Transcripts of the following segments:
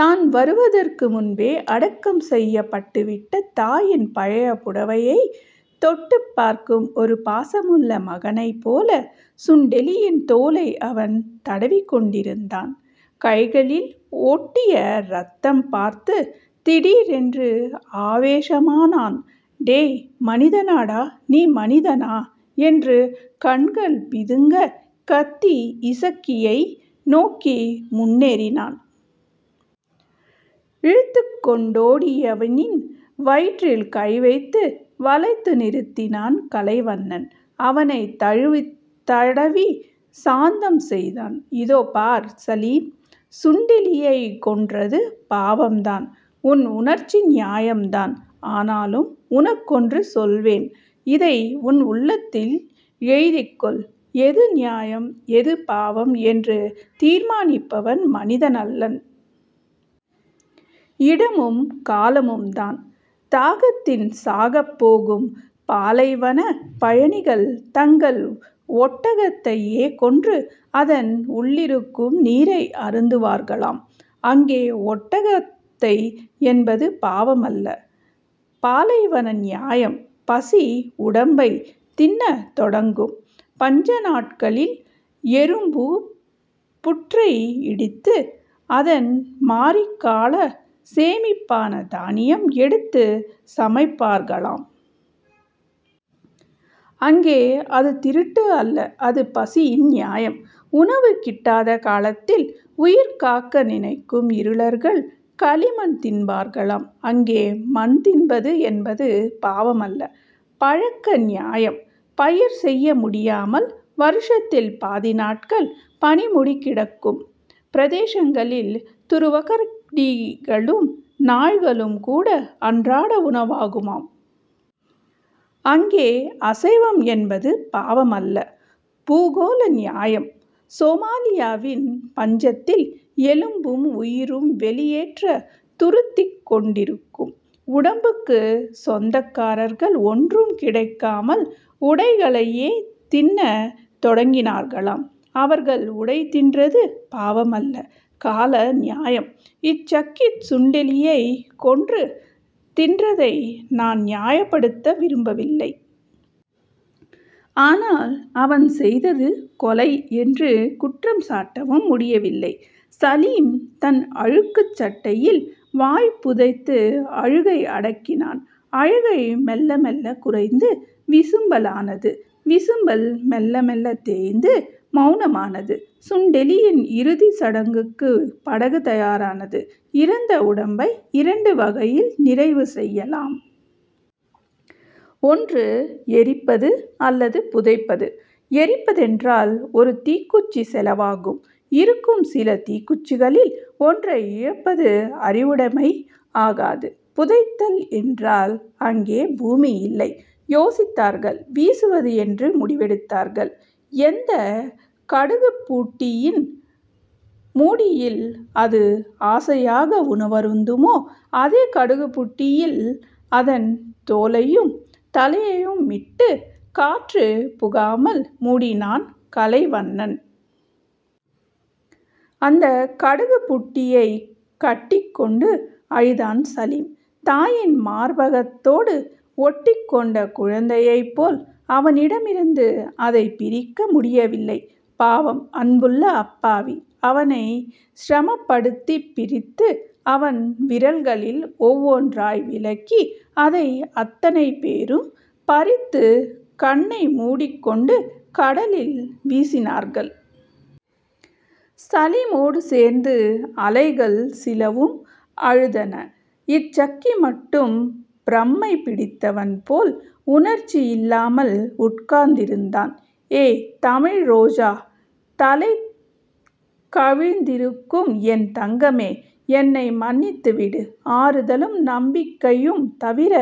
தான் வருவதற்கு முன்பே அடக்கம் செய்யப்பட்டுவிட்ட தாயின் பழைய புடவையைத் தொட்டுப் பார்க்கும் ஒரு பாசமுள்ள மகனைப் போல சுண்டெலியின் தோலை அவன் தடவிக்கொண்டிருந்தான். கைகளில் ஒட்டிய ரத்தம்பார்த்துத் திடீரென்று ஆவேசமானான். டேய், மனிதனாடா. நீ மனிதனா? என்று கண்கள் பிதுங்கக் கத்தி, இசக்கியை நோக்கி முன்னேறினான். இழுத்துக் கொண்டோ டியவனின் வயிற்றில் கைவைத்து வளைத்து நிறுத்தினான் கலைவண்ணன். அவனைத் தழுவித் தடவிச் சாந்தம் செய்தான். இதோ பார் சலீம். சுண்டெலியைக் கொன்றது பாவம்தான். உன் உணர்ச்சி நியாயம்தான். ஆனாலும் உனக்கொன்று சொல்வேன். இதை உன் உள்ளத்தில் எழுதிக்கொள். எது நியாயம், எது பாவம், என்று தீர்மானிப்பவன் மனிதனல்லன். இடமும் காலமும்தான். தாகத்தில் சாகப் போகும் பாலைவனப் பயணிகள், தங்கள் ஒட்டகத்தையே கொன்று அதன் உள்ளிருக்கும் நீரை அருந்துவார்களாம். அங்கே ஒட்டகவதை என்பது பாவமல்ல. பாலைவன நியாயம். பசி உடம்பைத் தின்னத் தொடங்கும் பஞ்சநாட்களில் எறும்புப் புற்றை இடித்து, அதன் மாரிக்காலச் சேமிப்பான தானியம் எடுத்துச் சமைப்பார்களாம். அங்கே அது திருட்டு அல்ல. அது பசியின் நியாயம். உணவு கிட்டாத காலத்தில் உயிர்காக்க நினைக்கும் இருளர்கள், களிமண் தின்பார்களாம். அங்கே மண் தின்பது என்பது பாவமல்ல. பழக்க நியாயம். பயிர் செய்ய முடியாமல் வருஷத்தில் பாதி நாட்கள் பனிமுடிக் கிடக்கும் பிரதேசங்களில் துருவக்கரடிகளும் நாய்களும்கூட அன்றாட உணவாகுமாம். அங்கே அசைவம் என்பது பாவமல்ல. பூகோள நியாயம். சோமாலியாவின் பஞ்சத்தில் எலும்பும் உயிரும் வெளியேறத் துருத்திக் கொண்டிருக்கும் உடம்புக்குச் சொந்தக்காரர்கள் ஒன்றும் கிடைக்காமல் உடைகளையே தின்னத் தொடங்கினார்களாம். அவர்கள் உடை தின்றது பாவமல்ல. கால நியாயம். இசக்கி சுண்டெலியைக் கொன்று தின்றதை நான் நியாயப்படுத்த விரும்பவில்லை. ஆனால், அவன் செய்தது கொலை என்று குற்றம்சாட்டவும் முடியவில்லை. சலீம் தன் அழுக்குச் சட்டையில் வாய் புதைத்து அழுகை அடக்கினான். அழுகை மெல்ல மெல்லக் குறைந்து விசும்பலானது. விசும்பல் மெல்ல மெல்லத் தேய்ந்து மெளனமானது. சுண்டெலியின் இறுதிச் சடங்குக்குப் படகு தயாரானது. இறந்த உடம்பை இரண்டு வகையில் நிறைவு செய்யலாம். ஒன்று எரிப்பது அல்லது புதைப்பது. எரிப்பதென்றால் ஒரு தீக்குச்சி செலவாகும். இருக்கும் சில தீக்குச்சிகளில் ஒன்றை இழப்பது அறிவுடைமை ஆகாது. புதைத்தல் என்றால் அங்கே பூமியில்லை. யோசித்தார்கள். வீசுவது என்று முடிவெடுத்தார்கள். எந்தக் கடுகுப்புட்டியின் முடியில் அது ஆசையாக உணவருந்துமோ அதே கடுகுப்புட்டியில், அதன் தோலையும் தலையையுமிட்டுக் காற்றுப் புகாமல் முடினான் கலைவண்ணன். அந்தக் கடுகுப் புட்டியைக் கட்டிக் கொண்டு அழுதான் சலீம். தாயின் மார்பகத்தோடு ஒட்டிக் கொண்ட குழந்தையைப் போல் அவனிடமிருந்து அதைப் பிரிக்க முடியவில்லை. பாவம். அன்புள்ள அப்பாவி. அவனைச் சிரமப்படுத்திப் பிரித்து, அவன் விரல்களில் ஒவ்வொன்றாய் விலக்கி, அதை அத்தனை பேரும் பறித்துக் கண்ணை முடிக்கொண்டு கடலில் வீசினார்கள். சலீமோடு சேர்ந்து அலைகள் சிலவும் அழுதன. இசக்கி மட்டும் பிரமைப் பிடித்தவன் போல் உணர்ச்சியில்லாமல் உட்கார்ந்திருந்தான். ஏ தமிழ்ரோஜா. தலை கவிழ்ந்திருக்கும் என் தங்கமே. என்னை மன்னித்துவிடு. ஆறுதலும் நம்பிக்கையும் தவிர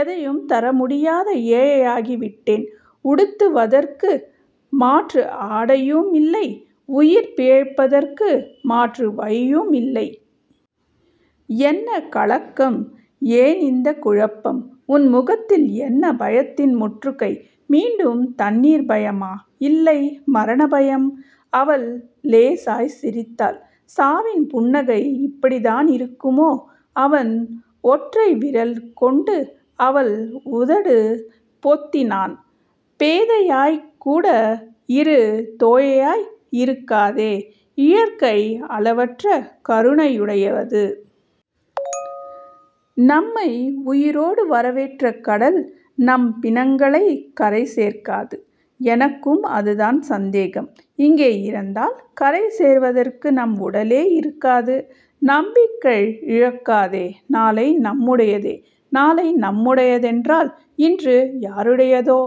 எதையும் தர முடியாத ஏழையாகிவிட்டேன். உடுத்துவதற்கு மாற்று ஆடையுமில்லை. உயிர் பிழைப்பதற்கு மாற்று வழியுமில்லை. என்ன கலக்கம். ஏனிந்தக் குழப்பம். உன் முகத்தில் என்ன பயத்தின் முற்றுகை. மீண்டும் தண்ணீர் பயமா? இல்லை. மரணபயம் அவள் லேசாய்ச் சிரித்தாள். சாவின் புன்னகை இப்படித்தானிருக்குமோ? அவன் ஒற்றைவிரல் கொண்டு அவள் உதடு பொத்தினான். பேதையாய்க்கூட இரு. கோழையாய் இருக்காதே. இயற்கை அளவற்ற கருணையுடையது. நம்மை உயிரோடு வரவேற்ற கடல் நம் பிணங்களைக் கரை சேர்க்காது. எனக்கும் அதுதான் சந்தேகம். இங்கே இறந்தால் கரை சேர்வதற்கு நம் உடலே இருக்காது நம்பிக்கை இழக்காதே நாளை நம்முடையதே. நாளை நம்முடையதென்றால் இன்று யாருடையதோ?